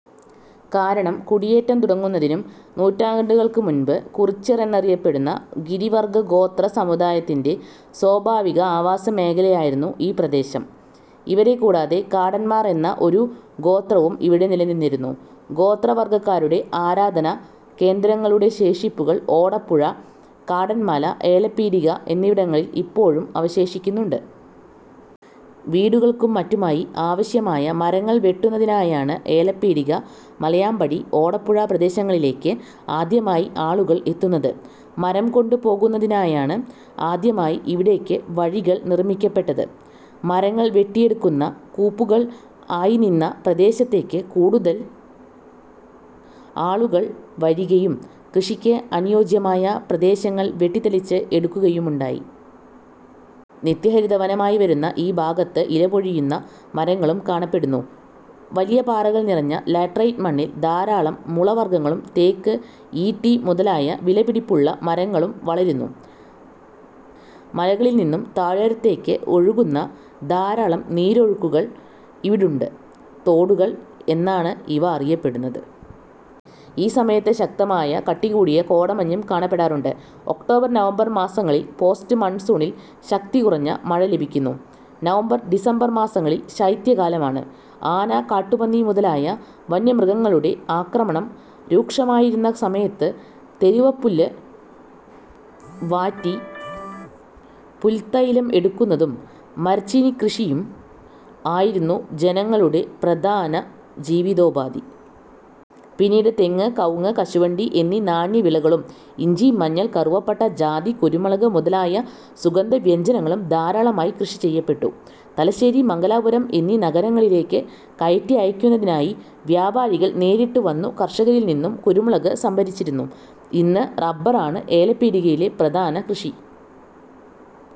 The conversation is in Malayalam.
കാരണം കുടിയേറ്റം തുടങ്ങുന്നതിനും നൂറ്റാണ്ടുകൾക്ക് മുൻപ് കുറിച്യർ എന്നറിയപ്പെടുന്ന ഗിരി വർഗ്ഗ ഗോത്ര സമുദായത്തിന്റെ സ്വാഭാവിക ആവാസ മേഖലയായിരുന്നു ഈ പ്രദേശം. ഇവരെ കൂടാതെ കാടന്മാർ എന്ന ഒരു ഗോത്രവും ഇവിടെ നിലനിന്നിരുന്നു. ഗോത്ര വർഗ്ഗക്കാരുടെ ആരാധന കേന്ദ്രങ്ങളുടെ ശേഷിപ്പുകൾ ഓടപ്പുഴ, കാടന്മല, ഏലപ്പീടിക എന്നിവിടങ്ങളിൽ ഇപ്പോഴും അവശേഷിക്കുന്നുണ്ട്. വീടുകൾക്കും മറ്റുമായി ആവശ്യമായ മരങ്ങൾ വെട്ടുന്നതിനായാണ് ഏലപീടിക, മലയാംപടി, ഓടപ്പുഴ പ്രദേശങ്ങളിലേക്ക് ആദ്യമായി ആളുകൾ എത്തുന്നത്. മരം കൊണ്ട് പോകുന്നതിനായാണ് ആദ്യമായി ഇവിടേക്ക് വഴികൾ നിർമ്മിക്കപെട്ടത്. മരങ്ങൾ വെട്ടിയെടുക്കുന്ന കൂപ്പുകൾ ആയി നിന്ന പ്രദേശത്തേക്ക് കൂടുതൽ ആളുകൾ വരികയും കൃഷിക്ക് അനുയോജ്യമായ പ്രദേശങ്ങൾ വെട്ടിത്തെളിച്ച് എടുക്കുകയുമുണ്ടായി. നിത്യ ഹരിത വനമായി വരുന്ന ഈ ഭാഗത്ത് ഇലപൊഴിയുന്ന മരങ്ങളും കാണപ്പെടുന്നു, വലിയ പാറകൾ നിറഞ്ഞ ലാറ്ററൈറ്റ് മണ്ണിൽ ധാരാളം മുള വർഗ്ഗങ്ങളും തേക്ക്, ഈട്ടി മുതലായ വിലപിടിപ്പുള്ള മരങ്ങളും വളരുന്നു. മലകളിൽ നിന്നും താഴ്വാരതേക്ക് ഒഴുകുന്ന ധാരാളം നീരൊഴുക്കുകൾ ഇവിടുണ്ട്, തോടുകൾ എന്നാണ് ഇവ അറിയപ്പെടുന്നത്. ഈ സമയത്ത് ശക്തമായ കട്ടികൂടിയ കോടമഞ്ഞും കാണപ്പെടാറുണ്ട്. ഒക്ടോബർ നവംബർ മാസങ്ങളിൽ പോസ്റ്റ് മൺസൂണിൽ ശക്തി കുറഞ്ഞ മഴ ലഭിക്കുന്നു. നവംബർ ഡിസംബർ മാസങ്ങളിൽ ശൈത്യ കാലമാണ്. ആന, കാട്ടുപന്നി മുതലായ വന്യമൃഗങ്ങളുടെ ആക്രമണം രൂക്ഷമായിരുന്ന സമയത്ത് തെരുവപ്പുല്ല് വാറ്റി പുൽത്തൈലം എടുക്കുന്നതും മരച്ചീനിക്കൃഷിയും ആയിരുന്നു ജനങ്ങളുടെ പ്രധാന ജീവിതോപാധി. പിന്നീട് തെങ്ങ്, കവുങ്ങ്, കശുവണ്ടി എന്നീ നാണ്യ വിളകളും ഇഞ്ചി, മഞ്ഞൾ, കറുവപ്പട്ട, ജാതി, കുരുമുളക് മുതലായ സുഗന്ധ വ്യഞ്ജനങ്ങളും ധാരാളമായി കൃഷി ചെയ്യപ്പെട്ടു. തലശ്ശേരി, മംഗലാപുരം എന്നീ നഗരങ്ങളിലേക്ക് കയറ്റി അയക്കുന്നതിനായി വ്യാപാരികൾ നേരിട്ട് വന്നു കർഷകരിൽ നിന്നും കുരുമുളക് സംഭരിച്ചിരുന്നു. ഇന്ന് റബ്ബർ ആണ് ഏലപീടികയിലെ പ്രധാന കൃഷി.